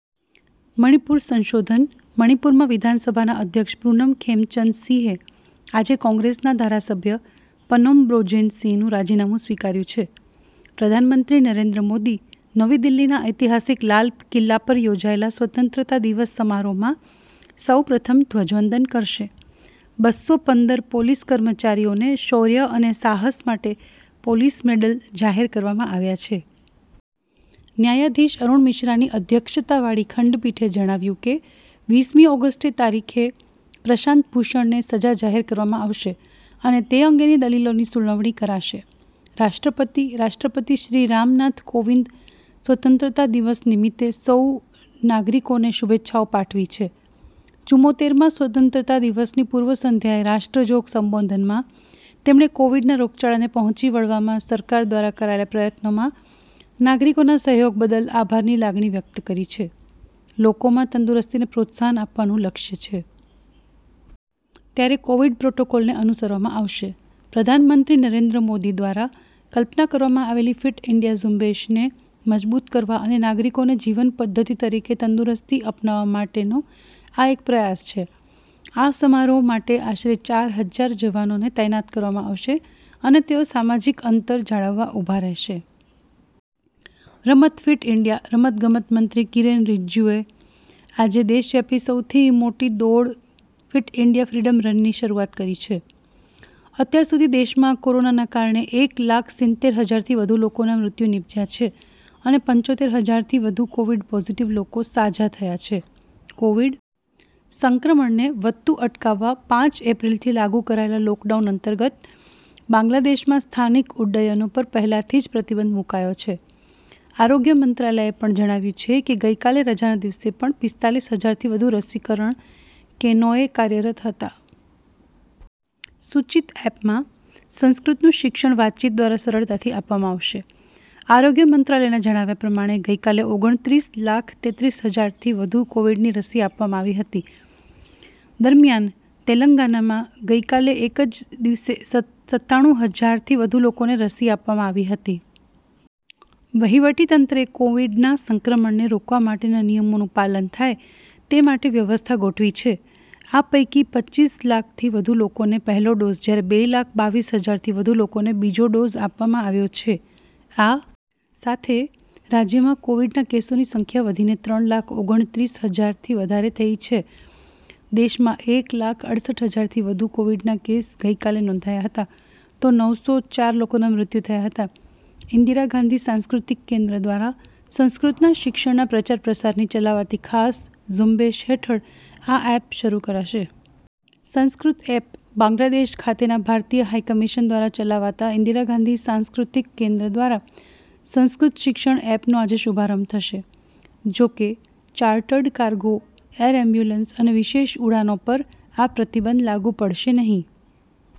મણિપુરસંશોધન, મણિપુરમાં વિધાનસભાના અધ્યક્ષ યૂનમ ખેમચંદસિંહે આજે કોંગ્રેસના ધારાસભ્ય પનોમ બ્રોજેન સિંહનું રાજીનામું સ્વીકાર્યું છે .પ્રધાનમંત્રી નરેન્દ્ર મોદી નવી દિલ્હીના ઐતિહાસિક લાલ કિલ્લા પર યોજાયેલા સ્વતંત્રતા દિવસ સમારોહમાં સૌ પ્રથમ ધ્વજવંદન કરશે. બસ્સો પંદર પોલીસ કર્મચારીઓને શૌર્ય અને સાહસ માટે પોલીસ મેડલ જાહેર કરવામાં આવ્યા છે. ન્યાયાધીશ અરૂણ મિશ્રાની અધ્યક્ષતાવાળી ખંડપીઠે જણાવ્યું કે વીસ મી ઓગસ્ટે તારીખે પ્રશાંત ભૂષણને સજા જાહેર કરવામાં આવશે અને તે અંગેની દલીલોની સુનાવણી કરશે .રાષ્ટ્રપતિ રાષ્ટ્રપતિ શ્રી રામનાથ કોવિન્દ સ્વતંત્રતા દિવસ નિમિત્તે સૌ નાગરિકોને શુભેચ્છાઓ પાઠવી છે ચુમોત્તેરમાં સ્વતંત્રતા દિવસની પૂર્વ સંધ્યાએ રાષ્ટ્રજોગ સંબોધનમાં તેમણે કોવિડના રોગચાળાને પહોચી વળવામાં સરકાર દ્વારા કરાયેલા પ્રયત્નોમાં નાગરિકોના સહયોગ બદલ આભારની લાગણી વ્યક્ત કરી લોકોમાં તંદુરસ્તીને પ્રોત્સાહન આપવાનું લક્ષ્ય છે. ત્યારે કોવિડ પ્રોટોકોલને અનુસરવામાં આવશે, પ્રધાનમંત્રી નરેન્દ્ર મોદી દ્વારા કલ્પના કરવામાં આવેલી ફીટ ઈન્ડિયા ઝુંબેશને મજબૂત કરવા અને નાગરિકોને જીવનપદ્ધતિ તરીકે તંદુરસ્તી અપનાવવા માટેનો આ એક પ્રયાસ છે .આ સમારોહ માટે આશરે ચાર હજાર જવાનો તૈનાત કરવામાં આવશે અને તેઓ સામાજિક અંતર જાળવવા ઊભા રહેશે. રમતફીટ ઈન્ડિયા, રમતગમત મંત્રી કિરેન રિજિજુએ આજે દેશવ્યાપી સૌથી મોટી દોડ ફિટ ઇન્ડિયા ફ્રીડમ રનની શરૂઆત કરી છે. અત્યાર સુધી દેશમાં કોરોનાના કારણે એક લાખ સિત્તેર હજારથી વધુ લોકોના મૃત્યુ નિપજ્યા છે અને પંચોતેર હજારથી વધુ કોવિડ પોઝિટિવ લોકો સાજા થયા છે .કોવિડ સંક્રમણને વધતુ અટકાવવા પાંચ એપ્રિલથી લાગુ કરાયેલા લોકડાઉન અંતર્ગત બાંગ્લાદેશમાં સ્થાનિક ઉડ્ડયનો પર પહેલાથી જ પ્રતિબંધ મુકાયો છે .આરોગ્ય મંત્રાલયે જણાવ્યું છે કે ગઈકાલે રજાના દિવસે પણ પિસ્તાલીસ હજારથી વધુ રસીકરણ કેનોયે કાર્યરત હતા. સૂચિત એપમાં સંસ્કૃતનું શિક્ષણ વાતચીત દ્વારા સરળતાથી આપવામાં આવશે. આરોગ્ય મંત્રાલયના જણાવ્યા પ્રમાણે ગઈકાલે ઓગણત્રીસ લાખ તેત્રીસ હજારથી વધુ કોવિડની રસી આપવામાં આવી હતી .દરમિયાન તેલંગાનામાં ગઈકાલે એક જ દિવસે સત્તાણું હજારથી વધુ લોકોને રસી આપવામાં આવી હતી. વહિવટીતંત્રે કોવિડના સંક્રમણને રોકવા માટેના નિયમોનું પાલન થાય તે માટે વ્યવસ્થા ગોઠવી છે આ પૈકી પચ્ચીસ લાખથી વધુ લોકોને પહેલો ડોઝ જ્યારે બે લાખ બાવીસ હજારથી વધુ લોકોને બીજો ડોઝ આપવામાં આવ્યો છે .આ સાથે રાજ્યમાં કોવિડના કેસોની સંખ્યા વધીને ત્રણ લાખ ઓગણત્રીસ હજારથી વધારે થઈ છે. દેશમાં એક લાખ અડસઠ હજારથી વધુ કોવિડનાં કેસ ગઈકાલે નોંધાયા હતા, તો નવ સો ચાર લોકોનાં મૃત્યુ થયાં હતાં. ઈન્દિરા ગાંધી સાંસ્કૃતિક કેન્દ્ર દ્વારા સંસ્કૃતના શિક્ષણના પ્રચારપ્રસારની ચલાવાતી ખાસ ઝુંબેશ હેઠળ આ એપ શરૂ કરાશે. સંસ્કૃત એપ બાંગ્લાદેશ ખાતેના ભારતીય હાઈ કમીશન દ્વારા ચલાવાતા ઈન્દિરા ગાંધી સાંસકૃતિક કેન્દ્ર દ્વારા સંસ્કૃત શિક્ષણ એપનો આજે શુભારંભ થશે .જોકે ચાર્ટડ કાર્ગો એર એમ્બુલન્સ અને વિશેષ ઉડાનો પર આ પ્રતિબંધ લાગુ પડશે નહીં.